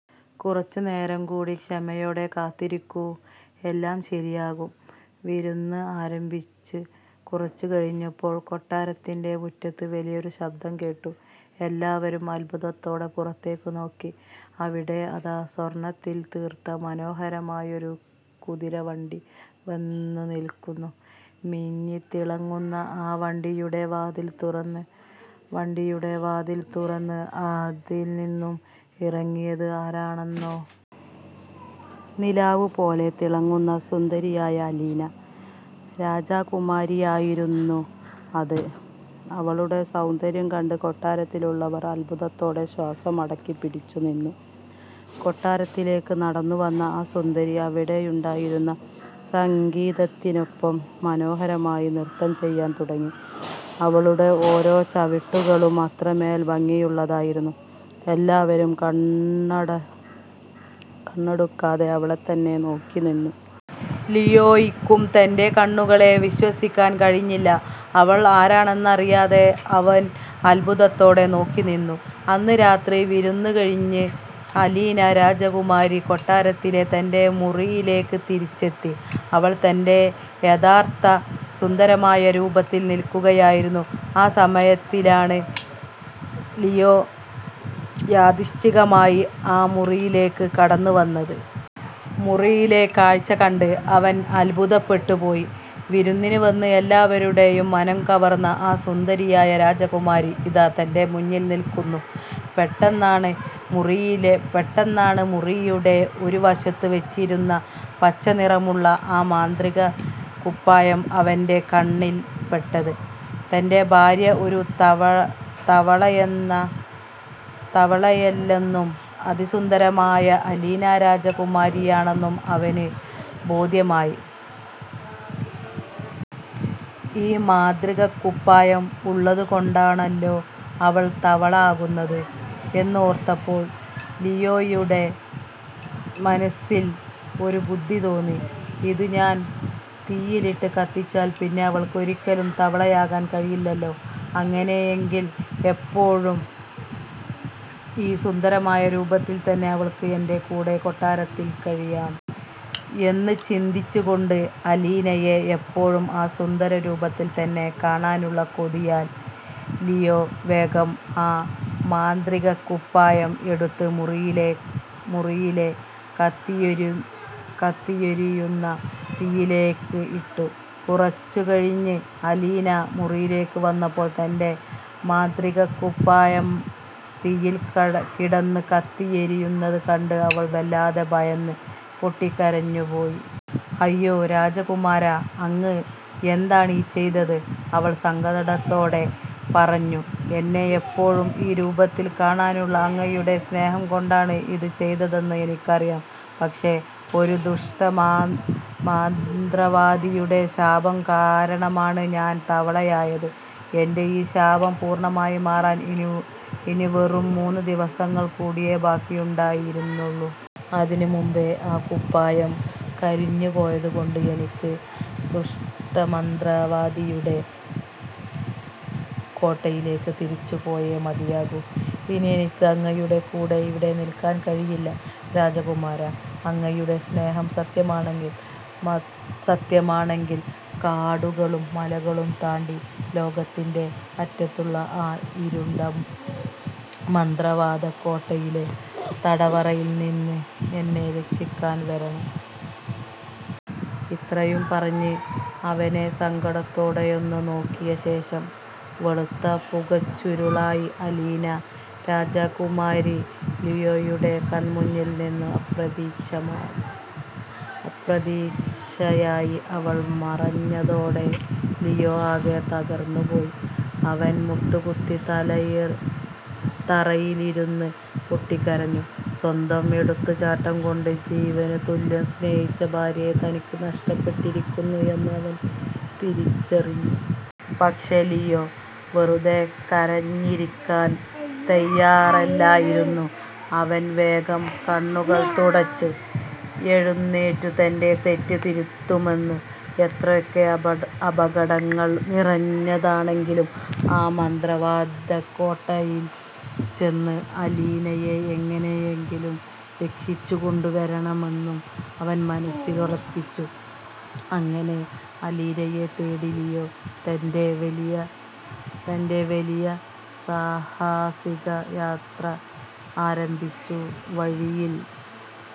കുറച്ചുനേരം കൂടി ക്ഷമയോടെ കാത്തിരിക്കൂ, എല്ലാം ശരിയാകും. " വിരുന്ന് ആരംഭിച്ച് കുറച്ചുകഴിഞ്ഞപ്പോൾ, കൊട്ടാരത്തിന്റെ മുറ്റത്ത് വലിയൊരു ശബ്ദം കേട്ടു. എല്ലാവരും അത്ഭുതത്തോടെ പുറത്തേക്ക് നോക്കി. അവിടെ ഇതാ സ്വർണത്തിൽ തീർത്ത മനോഹരമായൊരു കുതിരവണ്ടി വന്നുനിൽക്കുന്നു! മിന്നിത്തിളങ്ങുന്ന ആ വണ്ടിയുടെ വാതിൽ തുറന്ന് അതിൽനിന്നും ഇറങ്ങിയത് ആരാണെന്നോ? നിലാവ് പോലെ തിളങ്ങുന്ന സുന്ദരിയായ അലീന രാജകുമാരിയായിരുന്നു അത്! അവളുടെ സൗന്ദര്യം കണ്ട് കൊട്ടാരത്തിലുള്ളവർ അത്ഭുതത്തോടെ ശ്വാസം അടക്കിപ്പിടിച്ചു നിന്നു. കൊട്ടാരത്തിലേക്ക് നടന്നു വന്ന ആ സുന്ദരി അവിടെയുണ്ടായിരുന്ന സംഗീതത്തിനൊപ്പം മനോഹരമായി നൃത്തം ചെയ്യാൻ തുടങ്ങി. അവളുടെ ഓരോ ചവിട്ടുകളും അത്രമേൽ ഭംഗിയുള്ളതായിരുന്നു. എല്ലാവരും കണ്ണെടുക്കാതെ അവളെത്തന്നെ നോക്കിനിന്നു. ലിയോയ്ക്കും തന്റെ കണ്ണുകളെ വിശ്വസിക്കാൻ കഴിഞ്ഞില്ല; അവൾ ആരാണെന്നറിയാതെ അവൻ അത്ഭുതത്തോടെ നോക്കിനിന്നു. അന്ന് രാത്രി വിരുന്ന് കഴിഞ്ഞ്, അലീന രാജകുമാരി കൊട്ടാരത്തിലെ തന്റെ മുറിയിലേക്ക് തിരിച്ചെത്തി. അവൾ തന്റെ യഥാർത്ഥ സുന്ദരമായ രൂപത്തിൽ നിൽക്കുകയായിരുന്നു. ആ സമയത്താണ് ലിയോ യാദൃച്ഛികമായി ആ മുറിയിലേക്ക് കടന്നുവന്നത്! മുറിയിലെ കാഴ്ച കണ്ട് അവൻ അത്ഭുതപ്പെട്ടുപോയി! വിരുന്നിന് വന്ന് എല്ലാവരുടെയും മനംകവർന്ന ആ സുന്ദരിയായ രാജകുമാരി ഇതാ തന്റെ മുന്നിൽ നിൽക്കുന്നു! പെട്ടെന്നാണ് മുറിയുടെ ഒരു വശത്ത് വച്ചിരിക്കുന്ന പച്ചനിറമുള്ള ആ മാന്ത്രികക്കുപ്പായം അവന്റെ കണ്ണിൽ പെട്ടത്. തന്റെ ഭാര്യ ഒരു തവളയല്ലെന്നും, അതിസുന്ദരിയായ അലീന രാജകുമാരിയാണെന്നും അവന് ബോധ്യമായി. ഈ മാന്ത്രികക്കുപ്പായം ഉള്ളത് കൊണ്ടാണല്ലോ അവൾ തവള ആകുന്നത് എന്ന് ഓർത്തപ്പോൾ ലിയോയുടെ മനസ്സിൽ ഒരു ബുദ്ധി തോന്നി. "ഇത് ഞാൻ തീയിലിട്ട് കത്തിച്ചാൽ പിന്നെ അവൾക്ക് ഒരിക്കലും തവളയാകാൻ കഴിയില്ലല്ലോ! അങ്ങനെയെങ്കിൽ എപ്പോഴും ഈ സുന്ദരമായ രൂപത്തിൽ തന്നെ അവൾക്ക് എന്റെ കൂടെ കൊട്ടാരത്തിൽ കഴിയാം. " എന്ന് ചിന്തിച്ചുകൊണ്ട്, അലീനയെ എപ്പോഴും ആ സുന്ദര രൂപത്തിൽ തന്നെ കാണാനുള്ള കൊതിയാൽ ലിയോ വേഗം ആ മാന്ത്രികക്കുപ്പായം എടുത്ത് മുറിയിലെ കത്തിയെരിയുന്ന തീയിലേക്ക് ഇട്ടു! കുറച്ചുകഴിഞ്ഞ് അലീന മുറിയിലേക്ക് വന്നപ്പോൾ, തന്റെ മാന്ത്രികക്കുപ്പായം തീയിൽ കിടന്ന് കത്തിയെരിയുന്നത് കണ്ട് അവൾ വല്ലാതെ ഭയന്ന് പൊട്ടിക്കരഞ്ഞുപോയി! "അയ്യോ രാജകുമാരാ, അങ്ങ് എന്താണീ ചെയ്തത്? " അവൾ സങ്കടത്തോടെ പറഞ്ഞു. "എന്നെ എപ്പോഴും ഈ രൂപത്തിൽ കാണാനുള്ള അങ്ങയുടെ സ്നേഹം കൊണ്ടാണ് ഇത് ചെയ്തതെന്ന് എനിക്കറിയാം. പക്ഷേ, ഒരു ദുഷ്ടമന്ത്രവാദിയുടെ ശാപം കാരണമാണ് ഞാൻ തവളയായത്. എന്റെ ഈ ശാപം പൂർണ്ണമായി മാറാൻ ഇനി വെറും മൂന്ന് ദിവസങ്ങൾ കൂടിയേ ബാക്കിയുണ്ടായിരുന്നുള്ളൂ! അതിനുമുൻപേ ആ കുപ്പായം കരിഞ്ഞു പോയതുകൊണ്ട്, എനിക്ക് ആ ദുഷ്ടമന്ത്രവാദിയുടെ കോട്ടയിലേക്ക് തിരിച്ചുപോയേ മതിയാകൂ. ഇനി എനിക്ക് അങ്ങയുടെ കൂടെ ഇവിടെ നിൽക്കാൻ കഴിയില്ല രാജകുമാരാ! അങ്ങയുടെ സ്നേഹം സത്യമാണെങ്കിൽ, കാടുകളും മലകളും താണ്ടി ലോകത്തിന്റെ അറ്റത്തുള്ള ആ ഇരുണ്ട മന്ത്രവാദക്കോട്ടയിലെ തടവറയിൽ നിന്ന് എന്നെ രക്ഷിക്കാൻ വരണം! " ഇത്രയും പറഞ്ഞ് അവനെ സങ്കടത്തോടെയൊന്നു നോക്കിയ ശേഷം, ഒരു വെളുത്ത പുകച്ചുരുളായി അലീന രാജകുമാരി ലിയോയുടെ കൺമുന്നിൽ നിന്നും അപ്രത്യക്ഷയായി! അവൾ മറഞ്ഞതോടെ ലിയോ ആകെ തകർന്നുപോയി. അവൻ മുട്ടുകുത്തി തറയിലിരുന്ന് പൊട്ടിക്കരഞ്ഞു. സ്വന്തം എടുത്തുചാട്ടം കൊണ്ട്, ജീവനുതുല്യം സ്നേഹിച്ച ഭാര്യയെ തനിക്ക് നഷ്ടപ്പെട്ടിരിക്കുന്നു എന്ന് അവൻ തിരിച്ചറിഞ്ഞു. പക്ഷേ, ലിയോ വെറുതെ കരഞ്ഞിരിക്കാൻ തയ്യാറല്ലായിരുന്നു! അവൻ വേഗം കണ്ണുകൾ തുടച്ച് എഴുന്നേറ്റു. തന്റെ തെറ്റ് തിരുത്തുമെന്നും, എത്രയൊക്കെ അപകടങ്ങൾ നിറഞ്ഞതാണെങ്കിലും ആ മന്ത്രവാദക്കോട്ടയിൽ ചെന്ന് അലീനയെ എങ്ങനെയെങ്കിലും രക്ഷിച്ചു കൊണ്ടുവരുമെന്നും അവൻ മനസ്സിലുറപ്പിച്ചു. അങ്ങനെ, അലീനയെ തേടി ലിയോ തന്റെ വലിയ സാഹസിക യാത്ര ആരംഭിച്ചു. വഴിയിൽ